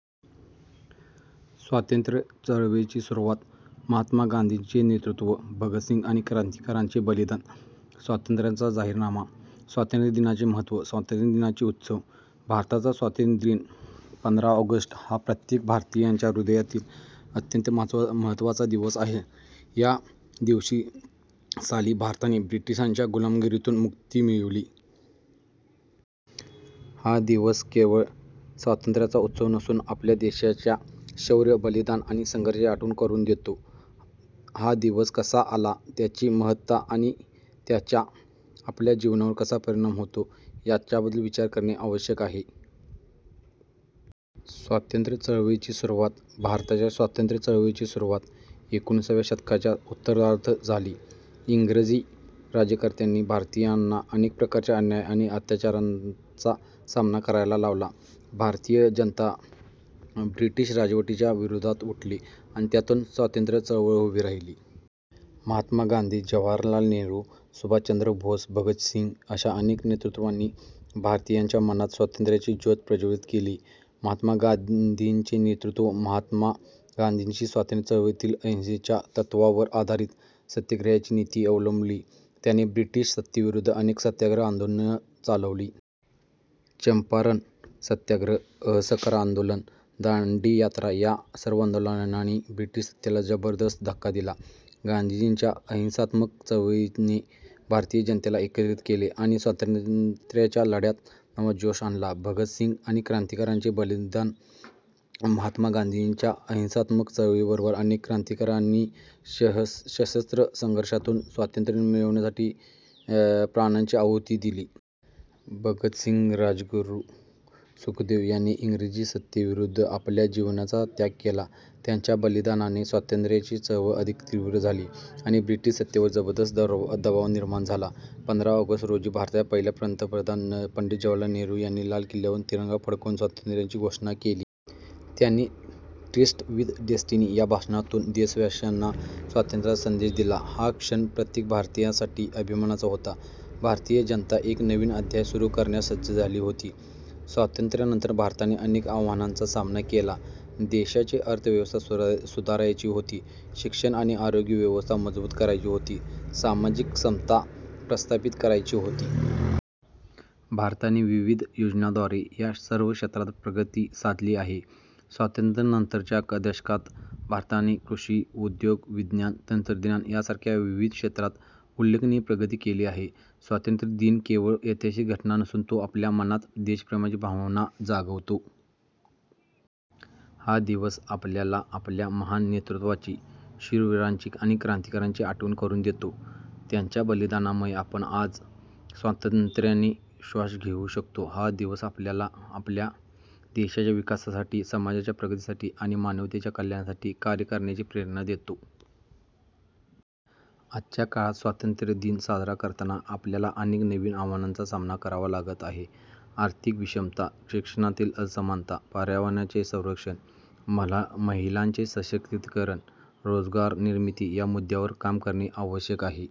स्वातंत्र्य चळवळीची सुरुवात, महात्मा गांधींचे नेतृत्व, भगतसिंग आणि क्रांतिकारकांचे बलिदान, स्वातंत्र्याचा जाहीरनामा, स्वातंत्र्य दिनाचे महत्त्व, स्वातंत्र्य दिनाचे उत्सव. भारताचा स्वातंत्र्य दिन, पंधरा ऑगस्ट, हा प्रत्येक भारतीयांच्या हृदयातील अत्यंत महत्त्वाचा दिवस आहे. या दिवशी साली भारताने ब्रिटिशांच्या गुलामगिरीतून मुक्ती मिळवली. हा दिवस केवळ स्वातंत्र्याचा उत्सव नसून आपल्या देशाच्या शौर्य, बलिदान आणि संघर्षाची आठवण करून देतो. हा दिवस कसा आला, त्याची महत्ता आणि त्याचा आपल्या जीवनावर कसा परिणाम होतो, याबद्दल विचार करणे आवश्यक आहे. स्वातंत्र्य चळवळीची सुरुवात. भारताच्या स्वातंत्र्य चळवळीची सुरुवात एकोणिसाव्या शतकाच्या उत्तरार्धात झाली. इंग्रजी राज्यकर्त्यांनी भारतीयांना अनेक प्रकारच्या अन्याय आणि अत्याचारांचा सामना करायला लावला. भारतीय जनता ब्रिटिश राजवटीच्या विरोधात उठली आणि त्यातून स्वातंत्र्य चळवळ उभी राहिली. महात्मा गांधी, जवाहरलाल नेहरू, सुभाषचंद्र बोस, भगतसिंग अशा अनेक नेतृत्वांनी भारतीयांच्या मनात स्वातंत्र्याची ज्योत प्रज्वलित केली. महात्मा गांधींचे नेतृत्व. महात्मा गांधींनी स्वातंत्र्य चळवळीत अहिंसेच्या तत्त्वावर आधारित सत्याग्रहाची नीती अवलंबली. त्यांनी ब्रिटिश सत्तेविरुद्ध अनेक सत्याग्रह आंदोलने चालवली. चंपारण सत्याग्रह, असहकार आंदोलन, दांडी यात्रा या सर्व आंदोलनांनी ब्रिटिश सत्तेला जबरदस्त धक्का दिला. गांधीजींच्या अहिंसात्मक चळवळीने भारतीय जनतेला एकत्रित केले आणि स्वातंत्र्याच्या लढ्यात नवा जोश आणला. भगतसिंग आणि क्रांतिकारकांचे बलिदान. महात्मा गांधींच्या अहिंसात्मक चळवळीबरोबरच अनेक क्रांतिकारकांनी सशस्त्र संघर्षातून स्वातंत्र्य मिळवण्यासाठी प्राणांची आहुती दिली. भगतसिंग, राजगुरू, सुखदेव यांनी इंग्रजी सत्तेविरुद्ध आपल्या जीवनाचा त्याग केला. त्यांच्या बलिदानाने स्वातंत्र्याची चळवळ अधिक तीव्र झाली आणि ब्रिटिश सत्तेवर जबरदस्त दबाव निर्माण झाला. पंधरा ऑगस्ट रोजी भारताच्या पहिल्या पंतप्रधान पंडित जवाहरलाल नेहरू यांनी लाल किल्ल्यावर तिरंगा फडकवून स्वातंत्र्याची घोषणा केली. त्यांनी ट्रिस्ट विथ डेस्टिनी या भाषणातून देशवासीयांना स्वातंत्र्याचा संदेश दिला. हा क्षण प्रत्येक भारतीयासाठी अभिमानाचा होता. भारतीय जनता एक नवीन अध्याय सुरू करण्यास सज्ज झाली होती. स्वातंत्र्यानंतर भारताने अनेक आव्हानांचा सामना केला. देशाची अर्थव्यवस्था सुधारायची होती, शिक्षण आणि आरोग्य व्यवस्था मजबूत करायची होती, सामाजिक समता प्रस्थापित करायची होती. भारताने विविध योजनांद्वारे या सर्व क्षेत्रात प्रगती साधली आहे. स्वातंत्र्यानंतरच्या दशकांत भारताने कृषी, उद्योग, विज्ञान तंत्रज्ञान यासारख्या विविध क्षेत्रात उल्लेखनीय प्रगती केली आहे. स्वातंत्र्य दिन केवळ ऐतिहासिक घटना नसून तो आपल्या मनात देशप्रेमाची भावना जागवतो. हा दिवस आपल्याला आपल्या महान नेतृत्वाची, शूरवीरांची आणि क्रांतिकारकांची आठवण करून देतो. त्यांच्या बलिदानामुळे आपण आज स्वातंत्र्याने श्वास घेऊ शकतो. हा दिवस आपल्याला आपल्या देशाच्या विकासासाठी, समाजाच्या प्रगतीसाठी आणि मानवतेच्या कल्याणासाठी कार्य करण्याची प्रेरणा देतो. आजच्या काळात स्वातंत्र्य दिन साजरा करताना आपल्याला अनेक नवीन आव्हानांचा सामना करावा लागत आहे. आर्थिक विषमता, शिक्षणातील असमानता, पर्यावरणाचे संरक्षण, महिलांचे सशक्तीकरण, रोजगार निर्मिती या सर्व मुद्द्यांवर काम करणे आवश्यक आहे.